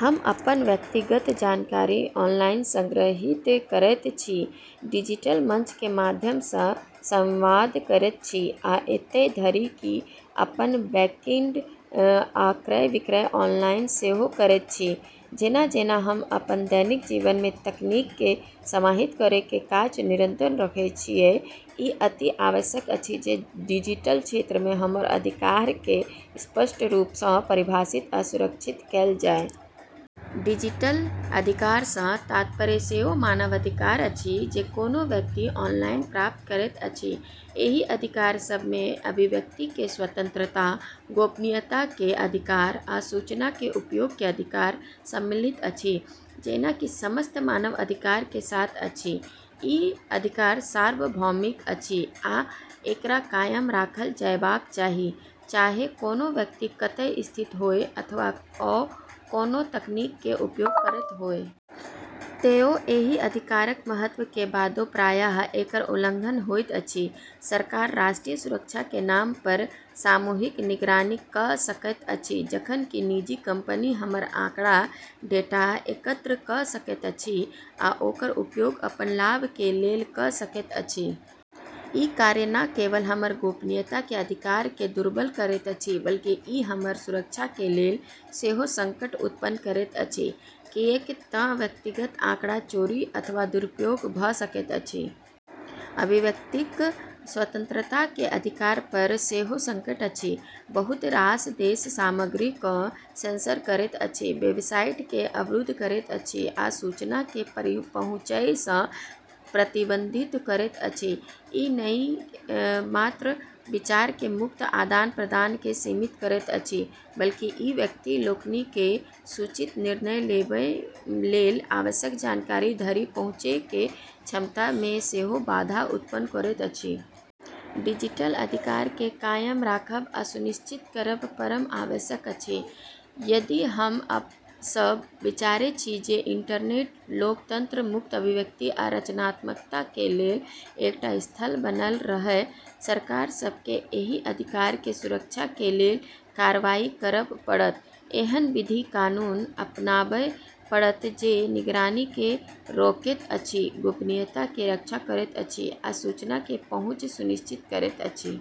हम अपन व्यक्तिगत जानकारी ऑनलाइन संगृहीत करैत छी, डिजिटल मंच के माध्यम सँ संवाद करैत छी, आ एतय धरि कि अपन बैंकिङ आ क्रय-विक्रय ऑनलाइन सेहो करैत छी। जेना-जेना हम अपन दैनिक जीवन में तकनीक केँ समाहित करै के काज निरंतर रखै छियै, ई अति आवश्यक अछि जे डिजिटल क्षेत्र में हमर अधिकार केँ स्पष्ट रूप सँ परिभाषित आ सुरक्षित कएल जाय। डिजिटल अधिकार सँ तात्पर्य सेओ मानव अधिकार अछि जे कोनो व्यक्ति ऑनलाइन प्राप्त करैत अछि। एहि अधिकार सभमे अभिव्यक्ति के स्वतंत्रता, गोपनीयता के अधिकार, आ सूचना के उपयोग के अधिकार सम्मिलित अछि। जेना कि समस्त मानव अधिकार के साथ अछि, ई अधिकार सार्वभौमिक अछि आ एकरा कायम राखल जयबाक चाही, चाहे कोनो व्यक्ति कतय स्थित होय अथवा ओ कोनो तकनीक के उपयोग करैत होय। तैयो एहि अधिकारक महत्त्व के बादो प्रायः एकर उल्लंघन होइत अछि। सरकार राष्ट्रीय सुरक्षा के नाम पर सामूहिक निगरानी कऽ सकैत अछि, जखन कि निजी कंपनी हमर आँकड़ा (डेटा) एकत्र कऽ सकैत अछि आ ओकर उपयोग अपन लाभ के लेल कऽ सकैत अछि। ई कार्य न केवल हमर गोपनीयता के अधिकार केँ दुर्बल करैत अछि, बल्कि ई हमर सुरक्षा के लेल सेहो संकट उत्पन्न करैत अछि, किएक तँ व्यक्तिगत आँकड़ा चोरी अथवा दुरुपयोग भऽ सकैत अछि। अभिव्यक्तिक स्वतंत्रताके अधिकार पर सेहो संकट अछि। बहुत रास देश सामग्रीकेँ सेंसर करैत अछि, वेबसाइट केँ अवरुद्ध करैत अछि आ सूचनाकेँ पहुँचयसँ प्रतिबंधित करैत अछि। ई नहि मात्र विचार के मुक्त आदान-प्रदानकेँ सीमित करैत अछि, बल्कि ई व्यक्ति लोकनिकें सूचित निर्णय लेबय लेल आवश्यक जानकारी धरि पहुँचै के क्षमता में सेहो बाधा उत्पन्न करैत अछि। डिजिटल अधिकार केँ कायम राखब आ सुनिश्चित करब परम आवश्यक अछि, यदि हम सब विचारै छी जे इंटरनेट लोकतंत्र, मुक्त अभिव्यक्ति, आ रचनात्मकता के लेल एकटा स्थल बनल रहय। सरकार सभ केँ एहि अधिकार के सुरक्षा के लेल कार्रवाई करब पड़त, एहन विधि (कानून) अपनाबय पड़त जें निगरानी केँ रोकैत अछि, गोपनीयता के रक्षा करैत अछि, आ सूचना के पहुँच सुनिश्चित करैत अछि।